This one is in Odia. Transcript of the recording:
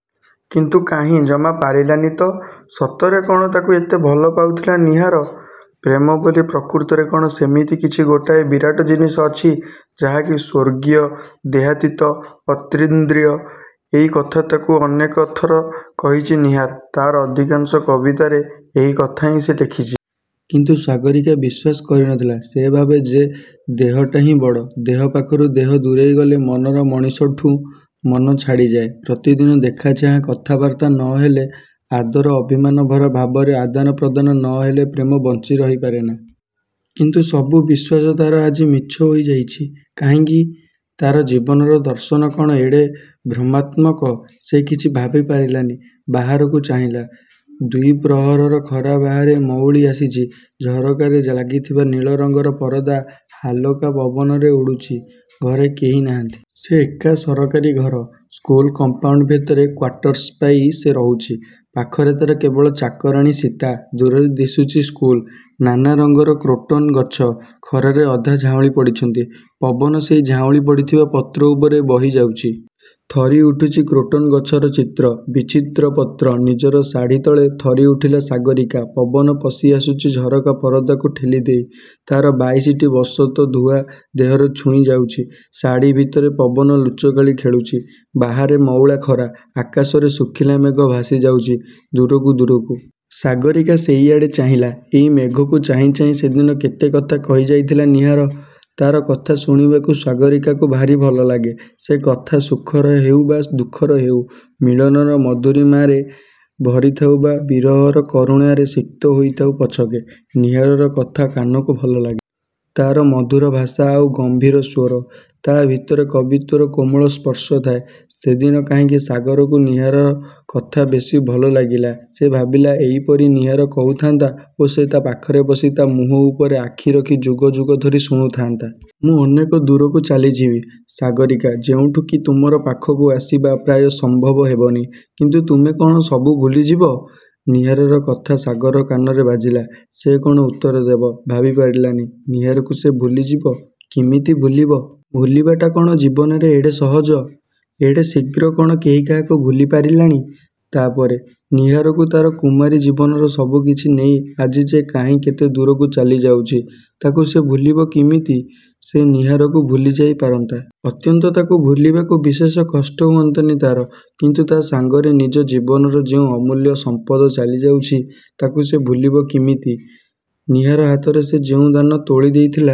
କିନ୍ତୁ କାହିଁ ଜମା ପାରିଲାନି ତ? ସତରେ କ'ଣ ତାକୁ ଏତେ ଭଲପାଉଥିଲା ନୀହାର। ପ୍ରେମ ବୋଲି ପ୍ରକୃତରେ କ'ଣ ସେମିତି କିଛି ଗୋଟାଏ ବିରାଟ ଜିନିଷ ଅଛି–ଯାହାକି ସ୍ୱର୍ଗୀୟ ଦେହାତୀତ, ଅତୀନ୍ଦ୍ରିୟ। ଏଇ କଥା ତାକୁ ଅନେକଥର କହିଛି ନୀହାର। ତା'ର ଅଧିକାଂଶ କବିତାରେ ଏଇ କଥାହିଁ ସେ ଲେଖିଛି। କିନ୍ତୁ ସାଗରୀକା ବିଶ୍ୱାସ କରିନଥିଲା। ସେ ଭାବେ ଯେ ଦେହଟା ହିଁ ବଡ଼। ଦେହ ପାଖରୁ ଦେହ ଦୂରେଇ ଗଲେ ମନର ମଣିଷଠୁଁ ମନ ଛାଡ଼ିଯାଏ। ପ୍ରତିଦିନ ଦେଖା ଚାହାଁ, କଥାବାର୍ତ୍ତା ନ ହେଲେ; ଆଦର ଅଭିମାନଭରା ଭାବରେ ଆଦାନପ୍ରଦାନ ନ ହେଲେ ପ୍ରେମ ବଞ୍ଚି ରହି ପାରେନା। କିନ୍ତୁ ସବୁ ବିଶ୍ୱାସ ତା'ର ଆଜି ମିଛ ହୋଇଯାଉଛି। କାହିଁକି? ତା'ର ଜୀବନର ଦର୍ଶନ କ'ଣ ଏଡ଼େ ଭ୍ରମାତ୍ମକ-। ସେ କିଛି ଭାବିପାରିଲାନି। ବାହାରକୁ ଚାହିଁଲା। ଦ୍ୱିପ୍ରହରର ଖରା ବାହାରେ ମଉଳି ଆସିଛି। ଝରକାରେ ଲାଗିଥିବା ନୀଳରଙ୍ଗର ପରଦା ହାଲକା ପବନରେ ଉଡ଼ୁଛି। ଘରେ କେହି ନାହାନ୍ତି। ସେ ଏକା। ସରକାରୀ ଘର। ସ୍କୁଲ କମ୍ପାଉଣ୍ଡ ଭିତରେ କ୍ୱାର୍ଟରସ୍ ପାଇ ସେ ରହୁଛି। ପାଖରେ ତା'ର କେବଳ ଚାକରାଣୀ ସୀତା। ଦୂରରେ ଦିଶୁଛି ସ୍କୁଲ। ନାନା ରଙ୍ଗର କ୍ରୋଟନ୍ ଗଛ, ଖରାରେ ଅଧା ଝାଉଁଳି ପଡ଼ିଛନ୍ତି। ପବନ ସେଇ ଝାଉଁଳି ପଡ଼ିଥିବା ପତ୍ର ଉପରେ ବହି ଯାଉଛି। ଥରି ଉଠୁଛି କ୍ରୋଟନ୍ ଗଛର ଚିତ୍ର, ବିଚିତ୍ର ପତ୍ର। ନିଜର ଶାଢ଼ି ତଳେ ଥରିଉଠିଲା ସାଗରୀକା। ପବନ ପଶି ଆସୁଛି ଝରକା-ପରଦାକୁ ଠେଲିଦେଇ। ତା'ର ବାଇଶିଟି ବସନ୍ତ-ଧୁଆ ଦେହରେ ଛୁଇଁ ଯାଉଛି। ଶାଢ଼ି ଭିତରେ ପବନ ଲୁଚକାଳି ଖେଳୁଛି। ବାହାରେ ମଉଳା ଖରା। ଆକାଶରେ ଶୁଖିଲା ମେଘ ଭାସି ଯାଉଛି, ଦୂରକୁ ଦୂରକୁ। ସାଗରୀକା ସେଇଆଡ଼େ ଚାହିଁଲା। ଏଇ ମେଘକୁ ଚାହିଁ ଚାହିଁ ସେଦିନ କେତେ କଥା କହିଯାଇଥିଲା ନୀହାର। ତା'ର କଥା ଶୁଣିବାକୁ ସାଗରୀକାକୁ ଭାରି ଭଲ ଲାଗେ। ସେ କଥା ସୁଖର ହେଉ ବା ଦୁଃଖର ହେଉ, ମିଳନର ମାଧୁରୀମାରେ ଭରିଥାଉ ବା ବିରହର କାରୁଣ୍ୟରେ ସିକ୍ତ ହୋଇଥାଉ ପଛକେ; ନୀହାରର କଥା କାନକୁ ଭଲଲାଗେ। ତା'ର ମଧୁର ଭାଷା ଆଉ ଗମ୍ଭୀର ସ୍ୱର; ତା' ଭିତରେ କବିତ୍ୱର କୋମଳ ସ୍ପର୍ଶ ଥାଏ। ସେଦିନ କାହିଁକି ସାଗରକୁ ନୀହାର କଥା ବେଶୀ ଭଲ ଲାଗିଲା। ସେ ଭାବିଲା, ଏଇପରି ନୀହାର କହୁଥାନ୍ତା ଓ ସେ ତା' ପାଖରେ ବସି; ତା' ମୁହଁ ଉପରେ ଆଖିରଖି ଯୁଗ ଯୁଗ ଧରି ଶୁଣୁଥାନ୍ତା। ''ମୁଁ ଅନେକ ଦୂରକୁ ଚାଲିଯିବି ସାଗରୀକା–ଯେଉଁଠୁ କି ତୁମର ପାଖକୁ ଆସିବା ପ୍ରାୟ ସମ୍ଭବ ହେବନି। କିନ୍ତୁ ତୁମେ କ'ଣ ସବୁ ଭୁଲିଯିବ? '' ନୀହାରର କଥା ସାଗରର କାନରେ ବାଜିଲା। ସେ କ'ଣ ଉତ୍ତର ଦେବ ଭାବିପାରିଲାନି-। ନୀହାରକୁ ସେ ଭୁଲିଯିବ? କିମିତି ଭୁଲିବ। ଭୁଲିବାଟା କ'ଣ ଜୀବନରେ ଏଡ଼େ ସହଜ? ଏଡ଼େ ଶୀଘ୍ର କ'ଣ କେହି କାହାକୁ ଭୁଲି ପାରିଲାଣି? ତା'ପରେ। ନୀହାରକୁ–? ତା'ର କୁମାରୀ ଜୀବନର ସବୁ କିଛି ନେଇ ଆଜି ଯେ କାହିଁ କେତେ ଦୂରକୁ ଚାଲିଯାଉଛି, ତାକୁ ସେ ଭୁଲିବ କିମିତି? ସେ ନୀହାରକୁ ଭୁଲିଯାଇ ପାରନ୍ତା। ଅନ୍ତତଃ ତାକୁ ଭୁଲିବାକୁ ବିଶେଷ କଷ୍ଟ ହୁଅନ୍ତାନି ତା'ର। କିନ୍ତୁ ତା' ସଙ୍ଗରେ ନିଜ ଜୀବନର ଯେଉଁ ଅମୂଲ୍ୟ ସମ୍ପଦ ଚାଲିଯାଉଛି ତାକୁ ସେ ଭୁଲିବ କିମିତି? ନୀହାର ହାତରେ ସେ ଯେଉଁ ଦାନ ତୋଳି ଦେଇଥିଲା,